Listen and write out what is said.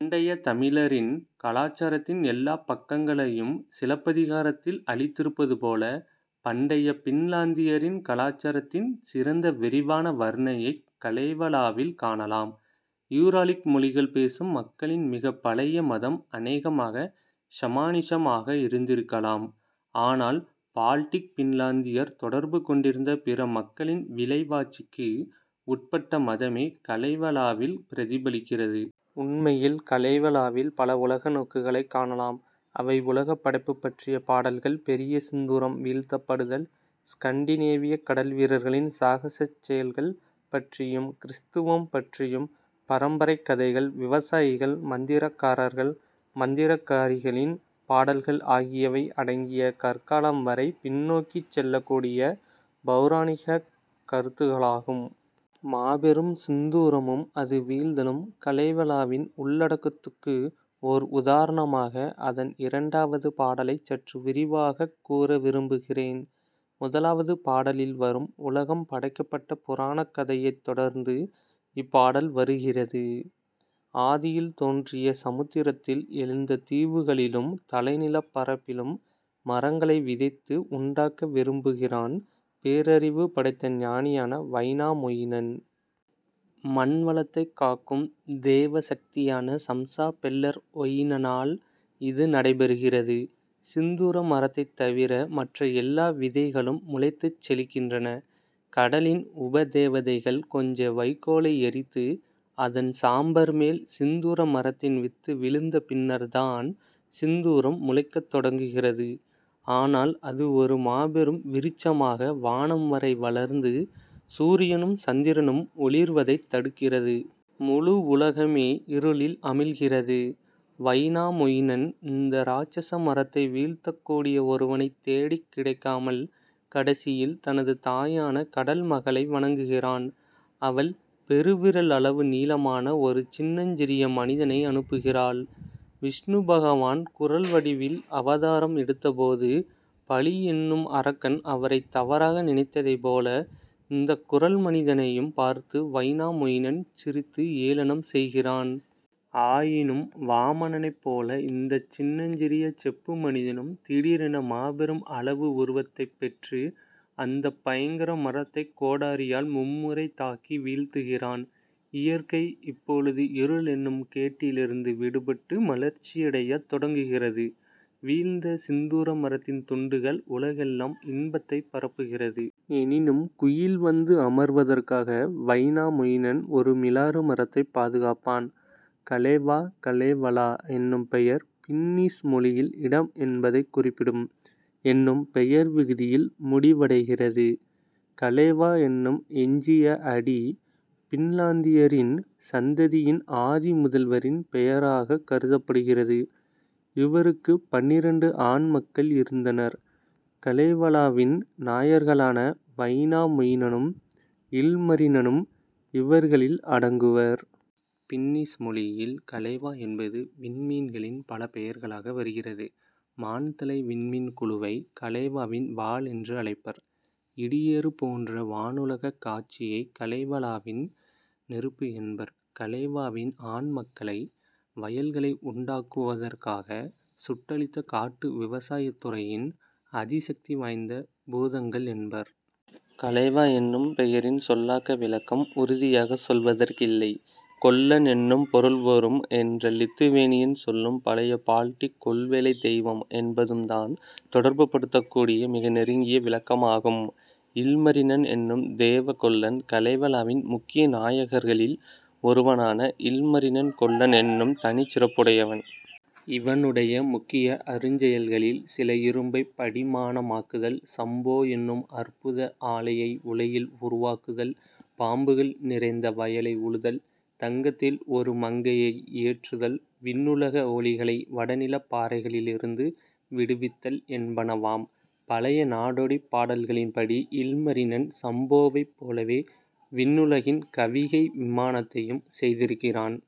பண்டைய தமிழரின் கலாசாரத்தின் எல்லாப் பக்கங்களையும் சிலப்பதிகாரத்தில் அளித்திருப்பது போல பண்டைய பின்லாந்தியரின் கலாசாரத்தின் சிறந்த விரிவான வர்னையைக் கலேவலாவில் காணலாம். யூராலிக் மொழிகள் பேசும் மக்களின் மிகப் பழைய மதம் அனேகமாக ஷமானிசம் ஆக இருந்திருக்கலாம் ஆனால் பால்டிக் பின்லாந்தியர் தொடர்பு கொண்டிருந்த பிற மக்களின் விளைவாட்சிக்கு உட்பட்ட மதமே கலேவலாவில் பிரதிபலிக்கிறது. உண்மையில் கலேவலாவில் பல உலக நோக்குகளைக் காணலாம் அவை உலகப் படைப்புப் பற்றிய பாடல்கள் பெரிய சிந்தூரம் வீழ்த்தப் படுதல் ஸ்கன்டினேவியக் கடல்வீரர்களின் சாகசச் செயல்கள் பற்றியும் கிறிஸ்துவம் பற்றியும் பரம்பரைக் கதைகள் விவசாயிகள் மந்திரக்காரர்கள் மந்திரக்காரிகளின் பாடல்கள் ஆகியவை அடங்கிய கற்காலம் வரை பின்நோக்கிச் செல்லக்கூடிய பெளரணிகக் கருத்துகளாகும். மாபெரும் சிந்தூரமும் அது வீழ்தலும் கலேவலாவின் உள்ளடக்கத்துக்கு ஓர் உதாரணமாக அதன் இரண்டாவது பாடலைச் சற்று விரிவாகக் கூற விரும்புகிறேன் முதலாவது பாடலில் வரும் உலகம் படைக்கப்பட்ட புராணக் கதையைத் தொடர்ந்து இப்பாடல் வருகிறது. ஆதியில் தோன்றிய சமுத்திரத்தில் எழுந்த தீவுகளிலும் தலைநிலப் பரப்பிலும் மரங்களை விதைத்து உண்டாக்க விரும்புகிறான் பேரறிவு படைத்த ஞானியான வைனாமொயினன். மண்வளத்தைக் காக்கும் தேவசக்தியான சம்ஸா பெல்லர்வொயினனால் இது நடைபெறுகிறது. சிந்தூர மரத்தைத் தவிர மற்ற எல்லா விதைகளும் முளைத்துச் செழிக்கின்றன. கடலின் உபதேவதைகள் கொஞ்ச வைக்கோலை எரித்து அதன் சாம்பர்மேல் சிந்தூர மரத்தின் வித்து விழுந்த பின்னர் தான் சிந்தூரம் முளைக்கத் தொடங்குகிறது. ஆனால் அது ஒரு மாபெரும் விருட்சமாக வானம் வரை வளர்ந்து சூரியனும் சந்திரனும் ஒளிர்வதைத் தடுக்கிறது. முழு உலகமே இருளில் அமிழ்கிறது. வைனாமொயினன் இந்த இராட்சச மரத்தை வீழ்த்தக் கூடிய ஒருவனைத் தேடிக் கிடைக்காமல் கடைசியில் தனது தாயான கடல்மகளை வணங்குகிறான். அவள் பெருவிரல் அளவு நீளமான ஒரு சின்னஞ்சிறிய மனிதனை அனுப்புகிறாள் விஷ்ணு பகவான் குறள் வடிவில் அவதாரம் எடுத்த போது பலி என்னும் அரக்கன் அவரைத் தவறாக நினைத்ததைபோல இந்தக் குறள் மனிதனையும் பார்த்து வைனாமொயினன் சிரித்து ஏளனம் செய்கிறான். ஆயினும் வாமனனைப் போல இந்தச் சின்னஞ்சிறிய செப்பு மனிதனும் திடீரென மாபெரும் அளவு உருவத்தைப் பெற்று அந்தப் பயங்கர மரத்தைக் கோடாரியால் மும்முறை தாக்கி வீழ்த்துகிறான். இயற்கை இப்பொழுது இருள் என்னும் கேட்டிலிருந்து விடுபட்டு மலர்ச்சியடையத் தொடங்குகிறது. வீழ்ந்த சிந்தூர மரத்தின் துண்டுகள் உலகெல்லாம் இன்பத்தைப் பரப்புகிறது. எனினும் குயில் வந்து அமர்வதற்காக வைனாமொயினன் ஒரு மிலாறு மரத்தைப் பாதுகாப்பான். கலேவா கலேவலா என்னும் பெயர் பின்னிஷ் மொழியில் இடம் என்பதைக் குறிப்பிடும் என்னும் பெயர் விகுதியில் முடிவடைகிறது. கலேவா என்னும் எஞ்சிய அடி பின்லாந்தியரின் சந்ததியின் ஆதிமுதல்வரின் பெயராகக் கருதப்படுகிறது. இவருக்கு பன்னிரண்டு ஆண் மக்கள் இருந்தனர் கலேவலாவின் நாயர்களான வைனாமொயினனும் இல்மரினனும் இவர்களில் அடங்குவர். பின்னிஷ் மொழியில் கலேவா என்பது விண்மீன்களின் பல பெயர்களாக வருகிறது மான்தலை விண்மீன்குழுவை கலேவாவின் வாள் என்று அழைப்பர். இடியேறு போன்ற வானுலகக் காட்சியை கலேவலாவின் நெருப்பு என்பர். கலேவாவின் ஆண் மக்களை வயல்களை உண்டாக்குவதற்காக சுட்டழித்த காட்டு விவசாயத்துறையின் அதிசக்தி வாய்ந்த பூதங்கள் என்பர். கலேவா என்னும் பெயரின் சொல்லாக்க விளக்கம் உறுதியாக சொல்வதற்கில்லை. கொல்லன் என்னும் பொருள் வரும் என்ற லித்துவேனியன் சொல்லும் பழைய பால்டிக் கொல்வேலைத் தெய்வம் என்பதும் தான் தொடர்புபடுத்தக்கூடிய மிக நெருங்கிய விளக்கமாகும். இல்மரினன் என்னும் தேவ கொல்லன் கலேவலாவின் முக்கிய நாயகர்களில் ஒருவனான இல்மரினன் கொல்லன் என்னும் தனிச் சிறப்புடையவன். இவனுடைய முக்கிய அருஞ்செயல்களில் சில இரும்பைப் படிமானமாக்குதல் சம்போ என்னும் அற்புத ஆலையை உலையில் உருவாக்குதல் பாம்புகள் நிறைந்த வயலை உழுதல் தங்கத்தில் ஒரு மங்கையை இயற்றுதல் விண்ணுலக ஒளிகளை வடநிலப் பாறைகளிலிருந்து விடுவித்தல் என்பனவாம். பழைய நாடோடிப் பாடல்களின்படி இல்மரினன் சம்போவைப் போலவே விண்ணுலகின் கவிகை விமானத்தையும் செய்திருக்கிறான்.